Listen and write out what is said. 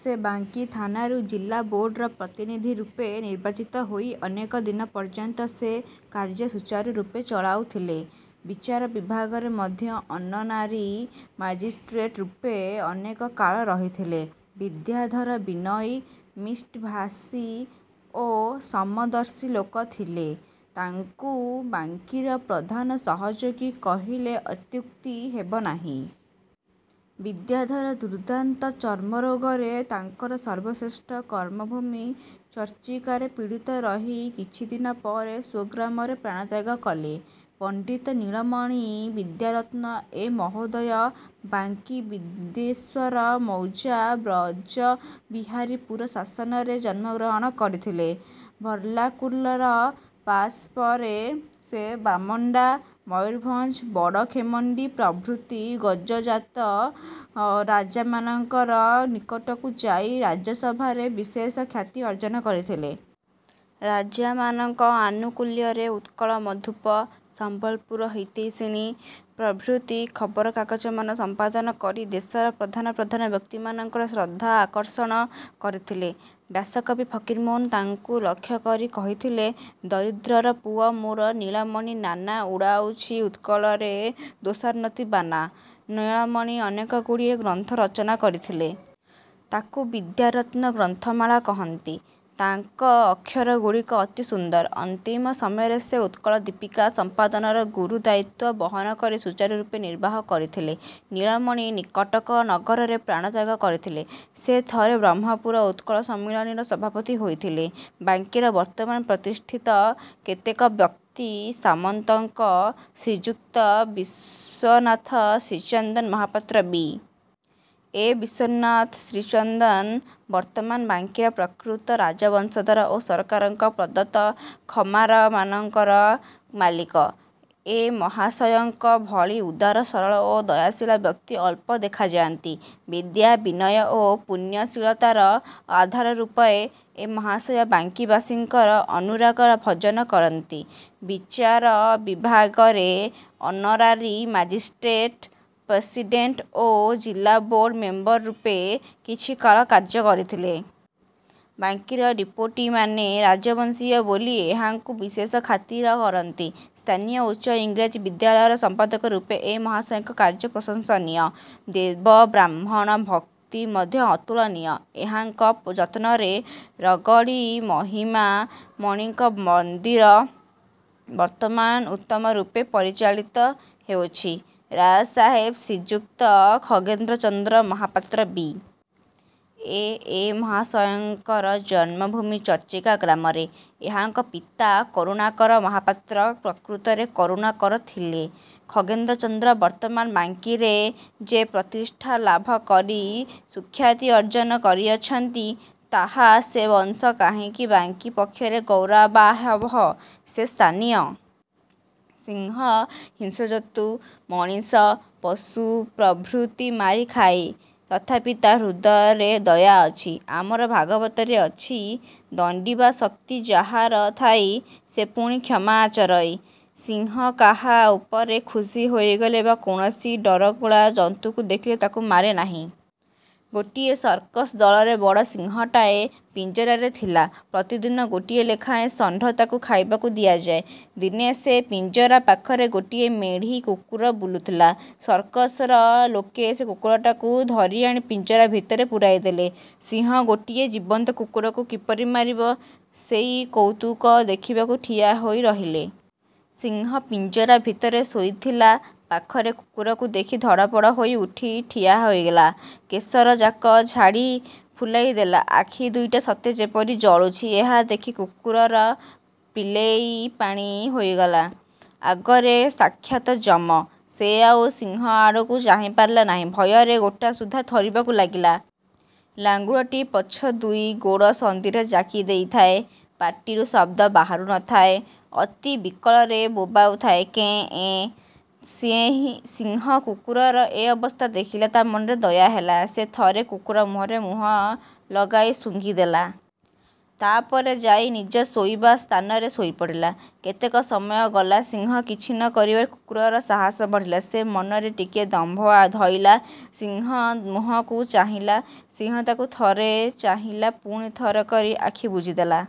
ସେ ବାଙ୍କୀ ଥାନାରୁ ଜିଲାବୋର୍ଡ଼ର ପ୍ରତିନିଧିରୂପେ ନିର୍ବାଚିତ ହୋଇ ଅନେକ ଦିନ ପର୍ଯ୍ୟନ୍ତ ସେ କାର୍ଯ୍ୟ ସୂଚାରୁରୂପେ ଚଳାଇଥିଲେ। ବିଚାର ବିଭାଗରେ ମଧ୍ୟ ଅନରାରୀ ମାଜିଷ୍ଟ୍ରେଟରୂପେ ଅନେକ କାଳ ରହିଥିଲେ। ବିଦ୍ୟାଧର ବିନୟୀ, ମିଷ୍ଟଭାଷୀ ଓ ସମଦର୍ଶୀ ଲୋକ ଥିଲେ। ତାଙ୍କୁ ବାଙ୍କୀର ପ୍ରଧାନ ସହଯୋଗୀ କହିଲେ ଅତ୍ୟୁକ୍ତି ହେବ ନାହିଁ। ବିଦ୍ୟାଧର ଦୁର୍ଦାନ୍ତ ଚର୍ମରୋଗରେ ତାଙ୍କର ସର୍ବଶ୍ରେଷ୍ଠ କର୍ମଭୂମି ଚର୍ଚ୍ଚିକାରେ ପୀଡ଼ିତ ରହି କିଛିଦିନ ପରେ ସ୍ଵଗ୍ରାମରେ ପ୍ରାଣତ୍ୟାଗ କଲେ। ପଣ୍ଡିତ ନୀଳମଣି ବିଦ୍ୟାରତ୍ନ ଏ ମହୋଦୟ ବାଙ୍କୀ ବୈଦ୍ୟେଶ୍ଵର ମୌଜା ବ୍ରଜବିହାରୀପୁର ଶାସନରେ ଜନ୍ମଗ୍ରହଣ କରିଥିଲେ। ଭର୍ଣ୍ଣାକ୍ୟୁଲର ପାଶ୍ ପରେ ସେ ବାମଣ୍ଡା, ମୟୂରଭଞ୍ଜ, ବଡ଼ଖେମଣ୍ଡି ପ୍ରଭୃତି ଗଡ଼ଜାତ ରାଜାମାନଙ୍କ ନିକଟକୁ ଯାଇ ରାଜାସଭାରେ ବିଶେଷ ଖ୍ୟାତି ଅର୍ଜନ କରିଥିଲେ। ରାଜାମାନଙ୍କ ଆନୁକୁଲ୍ୟରେ "ଉତ୍କଳ−ମଧୁପ", "ସମ୍ବଲପୁର−ହିତୈଷିଣୀ'' ପ୍ରଭୃତି ଖବରକାଗଜମାନ ସଂପାଦନ କରି ଦେଶର ପ୍ରଧାନ ପ୍ରଧାନ ବ୍ୟକ୍ତିମାନଙ୍କର ଶ୍ରଦ୍ଧା ଆକର୍ଷଣ କରିଥିଲେ। ବ୍ୟାସକବି ଫକୀରମୋହନ ତାଙ୍କୁ ଲକ୍ଷ୍ୟ କରି କହିଥିଲେ- "ଦରିଦ୍ରର ପୁଅ ମୋର ନୀଳମଣି ନାନା ଉଡ଼ାଉଛି ଉତ୍କଳରେ ଦେଶୋନ୍ନତି ବାନା। '' ନୀଳମଣି ଅନେକଗୁଡ଼ିଏ ଗ୍ରନ୍ଥ ରଚନା କରିଥିଲେ। ତାକୁ "ବିଦ୍ୟାରତ୍ନ−ଗ୍ରନ୍ଥମାଳା'' କହନ୍ତି। ତାଙ୍କ ଅକ୍ଷରଗୁଡ଼ିକ ଅତି ସୁନ୍ଦର। ଅନ୍ତିମ ସମୟରେ ସେ "ଉତ୍କଳ−ଦୀପିକା" ସଂପାଦନର ଗୁରୁ ଦାୟିତ୍ଵ ବହନ କରି ସୂଚାରୁରୂପେ ନିର୍ବାହ କରିଥିଲେ। ନୀଳମଣି କଟକ ନଗରରେ ପ୍ରାଣତ୍ୟାଗ କରିଥିଲେ। ସେ ଥରେ "ବ୍ରହ୍ମପୁର ଉତ୍କଳ−ସମ୍ମିଳନୀ''ର ସଭାପତି ହୋଇଥିଲେ। ବାଙ୍କୀର ବର୍ତ୍ତମାନ ପ୍ରତିଷ୍ଠିତ କେତେକ ବ୍ୟକ୍ତି- ସାମନ୍ତ ଶ୍ରୀଯୁକ୍ତ ବିଶ୍ଵନାଥ ଶ୍ରୀଚନ୍ଦନ ମହାପାତ୍ର ବି. ଏ. ବିଶ୍ଵନାଥ ଶ୍ରୀଚନ୍ଦନ ବର୍ତ୍ତମାନ ବାଙ୍କୀର ପ୍ରକୃତ ରାଜବଂଶଧର ଓ ସରକାରଙ୍କ ପ୍ରଦତ୍ତ ଖମାରମାନଙ୍କର ମାଲିକ। ଏ ମହାଶୟଙ୍କ ଭଳି ଉଦାର, ସରଳ ଓ ଦୟାଶୀଳ ବ୍ୟକ୍ତି ଅଳ୍ପ ଦେଖାଯାନ୍ତି। ବିଦ୍ୟା, ବିନୟ ଓ ପୁଣ୍ୟଶୀଳତାର ଆଧାରରୂପେ ଏ ମହାଶୟ ବାଙ୍କୀବାସୀଙ୍କର ଅନୁରାଗ−ଭାଜନ ହୋଇଅଛନ୍ତି। ବିଚାର ବିଭାଗରେ ଅନରାରୀ ମାଜିଷ୍ଟେଟ୍, ପ୍ରେସିଡ଼େଣ୍ଟ ଓ ଜିଲାବୋର୍ଡ଼ ମେମ୍ବରରୂପେ କିଛି କାଳ କାର୍ଯ୍ୟ କରିଥିଲେ। ବାଙ୍କୀର ଡିପୋଟିମାନେ ରାଜବଂଶୀୟ ବୋଲି ଏହାଙ୍କୁ ବିଶେଷ ଖାତିର କରନ୍ତି। ସ୍ଥାନୀୟ ଉଚ୍ଚ ଇଂରାଜୀ ବିଦ୍ୟାଳୟର ସମ୍ପାଦକରୂପେ ଏ ମହାଶୟଙ୍କ କାର୍ଯ୍ୟ ପ୍ରଶଂସନୀୟ। ଦେବ−ବ୍ରାହ୍ମଣ−ଭକ୍ତି ମଧ୍ୟ ଅତୁଳନୀୟ। ଏହାଙ୍କ ଯତ୍ନରେ ରଗଡ଼ି ମହିମାମଣିଙ୍କ ମନ୍ଦିର ବର୍ତ୍ତମାନ ଉତ୍ତମରୂପେ ଚାଳିତ ହେଉଅଛି। ରାୟସାହେବ ଶ୍ରୀଯୁକ୍ତ ଖଗେନ୍ଦ୍ରଚନ୍ଦ୍ର ମହାପାତ୍ର ବି. ଏ. ଏ ମହାଶୟଙ୍କର ଜନ୍ମଭୂମି ଚର୍ଚ୍ଚିକା ଗ୍ରାମରେ। ଏହାଙ୍କ ପିତା କରୁଣାକର ମହାପାତ୍ର ପ୍ରକୃତରେ କରୁଣା କର ଥିଲେ। ଖଗେନ୍ଦ୍ରଚନ୍ଦ୍ର ବର୍ତ୍ତମାନ ବାଙ୍କୀରେ ଯେ ପ୍ରତିଷ୍ଠା ଲାଭ କରି ସୁଖ୍ୟାତି ଅର୍ଜନ କରିଅଛନ୍ତି, ତାହା ସେ ବଂଶ କାହିଁକି ବାଙ୍କୀ ପକ୍ଷରେ ଗୌରବାବହ। ସେ ସ୍ଥାନୀୟ। ସିଂହ ହିଂସ୍ରଜନ୍ତୁ-ମଣିଷ, ପଶୁ ପ୍ରଭୃତି ମାରି ଖାଏ। ତଥାପି ତା' ହୃଦୟରେ ଦୟା ଅଛି। ଆମର ଭାଗବତରେ ଅଛି- ''ଦଣ୍ଡିବା ଶକ୍ତି ଯାର ଥାଇ, ସେ ପୁଣି କ୍ଷମା ଆଚରଇ। '' ସିଂହ କାହା ଉପରେ ଖୁସି ହୋଇଗଲେ ବା କୌଣସି ଡରକୁଳା ଜନ୍ତୁକୁ ଦେଖିଲେ, ତାକୁ ମାରେ ନାହିଁ। ଗୋଟିଏ ସର୍କସ ଦଳରେ ବଡ଼ ସିଂହଟାଏ ପିଞ୍ଜରାରେ ଥିଲା। ପ୍ରତିଦିନ ଗୋଟାଏ ଲେଖାଏଁ ଷଣ୍ଢ ତାକୁ ଖାଇବାକୁ ଦିଆଯାଏ। ଦିନେ ସେ ପିଞ୍ଜରାପାଖରେ ଗୋଟିଏ ମେଢ଼ୀ କୁକୁର ବୁଲୁଥିଲା। ସର୍କସର ଲୋକେ ସେ କୁକୁରଟାକୁ ଧରିଆଣି ପିଞ୍ଜରା ଭିତରେ ପୁରାଇଦେଲେ। ସିଂହ ଗୋଟାଏ ଜୀଅନ୍ତା କୁକୁରକୁ କିପରି ମାରିବ, ସେଇ କଉତୁକ ଦେଖିବାକୁ ଠିଆହୋଇ ରହିଲେ। ସିଂହ ପିଞ୍ଜରା ଭିତରେ ଶୋଇଥିଲା। ପାଖରେ କୁକୁରକୁ ଦେଖି ଧଡ଼ପଡ଼ ହୋଇ ଉଠି ଠିଆ ହେଲା। କେଶରଯାକ ଝାଡ଼ି ଫୁଲାଇଦେଲା। ଆଖି ଦୁଇଟା ସତେ ଯେପରି ଜଳୁଛି। ଏହା ଦେଖି କୁକୁରର ପିଳେଇ ପାଣି ହୋଇଗଲା। ଆଗରେ ସାକ୍ଷାତ ଯମ! ସେ ଆଉ ସିଂହ ଆଡ଼କୁ ଚାହିଁପାରିଲା ନାହିଁ, ଭୟରେ ଗୋଟାସୁଦ୍ଧା ଥରିବାକୁ ଲାଗିଲା। ଲାଙ୍ଗୁଡ଼ଟି ପଛ ଦୁଇ ଗୋଡ଼ ସନ୍ଧିରେ ଜାକି ଦେଇଥାଏ। ପାଟିରୁ ଶବ୍ଦ ବାହାରୁ ନ ଥାଏ। ଅତି ବିକଳରେ ବୋବାଉଥାଏ-କେଁ ଏଁ। ସିଂହ କୁକୁରର ଏ ଅବସ୍ଥା ଦେଖିଲା। ତା' ମନରେ ଦୟା ହେଲା। ସେ ଥରେ କୁକୁର ମୁହଁରେ ମୁହଁ ଲଗାଇ ଶୁଙ୍ଘି ଦେଲା। ତା'ପରେ ଯାଇ ନିଜ ଶୋଇବା ସ୍ଥାନରେ ଶୋଇପଡ଼ିଲା। କେତେକ ସମୟ ଗଲା; ସିଂହ କିଛି ନ କରିବାରୁ କୁକୁରର ସାହସ ବଢ଼ିଲା। ସେ ମନରେ ଟିକିଏ ଦମ୍ଭ ଧଇଲା; ସିଂହ ମୁଁହକୁ ଚାହିଁଲା। ସିଂହ ତାକୁ ଥରେ ଚାହିଁ ପୁଣି ଥିର୍ କରି ଆଖି ବୁଜିଦେଲା।